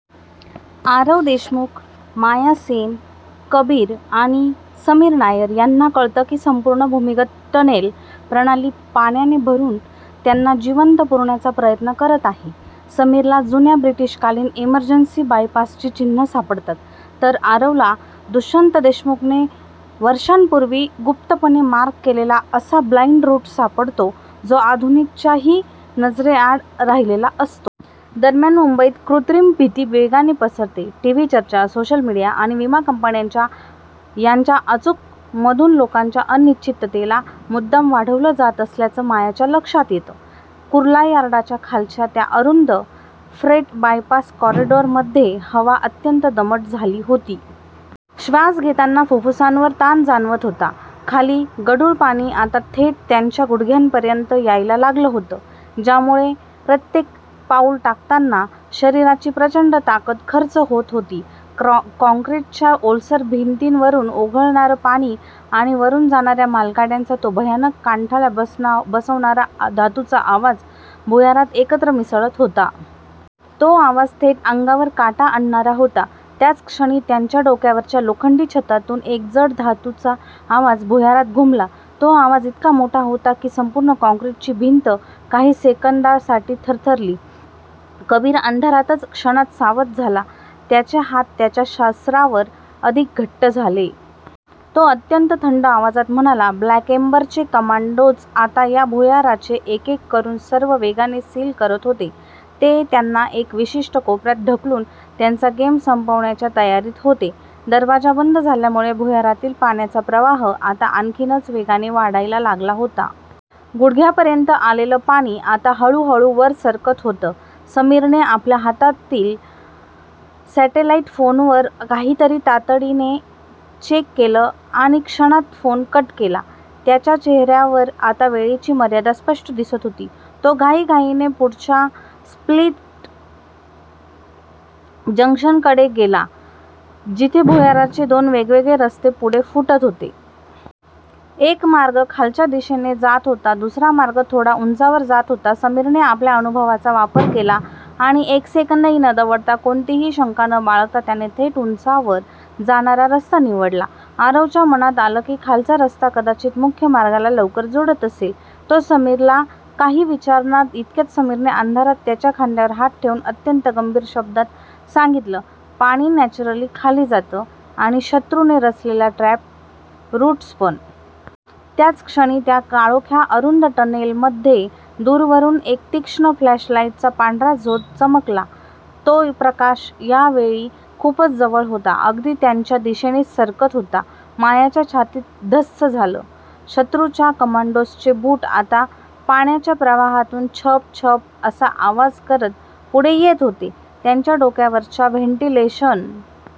आरव देशमुख, माया सेन, कबीर आणि समीर नायर यांना कळतं की संपूर्ण भूमिगत टनेल प्रणाली पाण्याने भरून त्यांना जिवंत पुरण्याचा प्रयत्न करत आहे. समीरला जुन्या ब्रिटिशकालीन इमर्जन्सी बायपासची चिन्हं सापडतात, तर आरवला दुष्यंत देशमुखने वर्षांपूर्वी गुप्तपणे मार्क केलेला असा "ब्लाइंड रूट" सापडतो, जो आधुनिक च्याही नजरेआड राहिलेला असतो. दरम्यान मुंबईत कृत्रिम भीती वेगाने पसरते. टीव्ही चर्चा, सोशल मीडिया आणि विमा कंपन्यांच्या यांच्या अचूक मधून लोकांच्या अनिश्चिततेला मुद्दाम वाढवलं जात असल्याचं मायाच्या लक्षात येतं. कुर्ला यार्डाच्या खालच्या त्या अरुंद 'फ्रेट बायपास कॉरिडॉर'मध्ये हवा अत्यंत दमट झाली होती. श्वास घेताना फुफ्फुसांवर ताण जाणवत होता. खाली गढूळ पाणी आता थेट त्यांच्या गुडघ्यापर्यंत यायला लागलं होतं, ज्यामुळे प्रत्येक पाऊल टाकताना शरीराची प्रचंड ताकद खर्च होत होती. काँक्रीटच्या ओलसर भिंतींवरून ओघळणारं पाणी आणि वरून जाणाऱ्या मालगाड्यांचा तो भयानक, कानठळ्या बसवणारा धातूचा आवाज भुयारात एकत्र मिसळत होता. तो आवाज थेट अंगावर काटा आणणारा होता. त्याच क्षणी त्यांच्या डोक्यावरच्या लोखंडी छतातून एक जड धातूचा आवाज भुयारात घुमला. तो आवाज इतका मोठा होता की, संपूर्ण काँक्रीटची भिंत काही सेकंदांसाठी थरथरली. कबीर अंधारातच क्षणात सावध झाला, त्याचे हात त्याच्या शस्त्रावर अधिक घट्ट झाले. तो अत्यंत थंड आवाजात म्हणाला, 'ब्लॅक एम्बर'चे कमांडोज आता या भुयाराचे एक-एक करून सर्व वेगाने सील करत होते. ते त्यांना एका विशिष्ट कोपऱ्यात ढकलून त्यांचा गेम संपवण्याच्या तयारीत होते. दरवाजा बंद झाल्यामुळे भुयारातील पाण्याचा प्रवाह आता आणखीनच वेगाने वाढायला लागला होता. गुडघ्यापर्यंत आलेलं पाणी आता हळूहळू वर सरकत होतं. समीरने आपल्या हातातील सॅटेलाईट फोनवर काहीतरी तातडीने चेक केलं आणि क्षणात फोन कट केला. त्याच्या चेहऱ्यावर आता वेळेची मर्यादा स्पष्ट दिसत होती. तो घाईघाईने पुढच्या स्प्लिट जंक्शनकडे गेला, जिथे भुयाराचे दोन वेगवेगळे रस्ते पुढे फुटत होते. एक मार्ग खालच्या दिशेने जात होता. दुसरा मार्ग थोडा उंचावर जात होता. समीरने आपल्या अनुभवाचा वापर केला आणि एक सेकंदही न दवडता, कोणतीही शंका न बाळगता त्याने थेट उंचावर जाणारा रस्ता निवडला. आरवच्या मनात आलं की, खालचा रस्ता कदाचित मुख्य मार्गाला लवकर जोडत असेल, तो समीरला काही विचारणार इतक्यात समीरने अंधारात त्याच्या खांद्यावर हात ठेवून अत्यंत गंभीर शब्दात सांगितलं, "पाणी नॅचरली खाली जातं आणि शत्रूने रचलेले ट्रॅप रूट्स पण! " त्याच क्षणी त्या काळोख्या, अरुंद टनेलमध्ये दूरवरून एक तीक्ष्ण फ्लॅशलाईटचा पांढरा झोत चमकला. तो प्रकाश यावेळी खूपच जवळ होता, अगदी त्यांच्या दिशेनेच सरकत होता. मायाच्या छातीत धस्स झालं; शत्रूच्या कमांडोजचे बूट आता पाण्याच्या प्रवाहातून छपछप असा आवाज करत पुढे येत होते. त्यांच्या डोक्यावरच्या वेंटिलेशन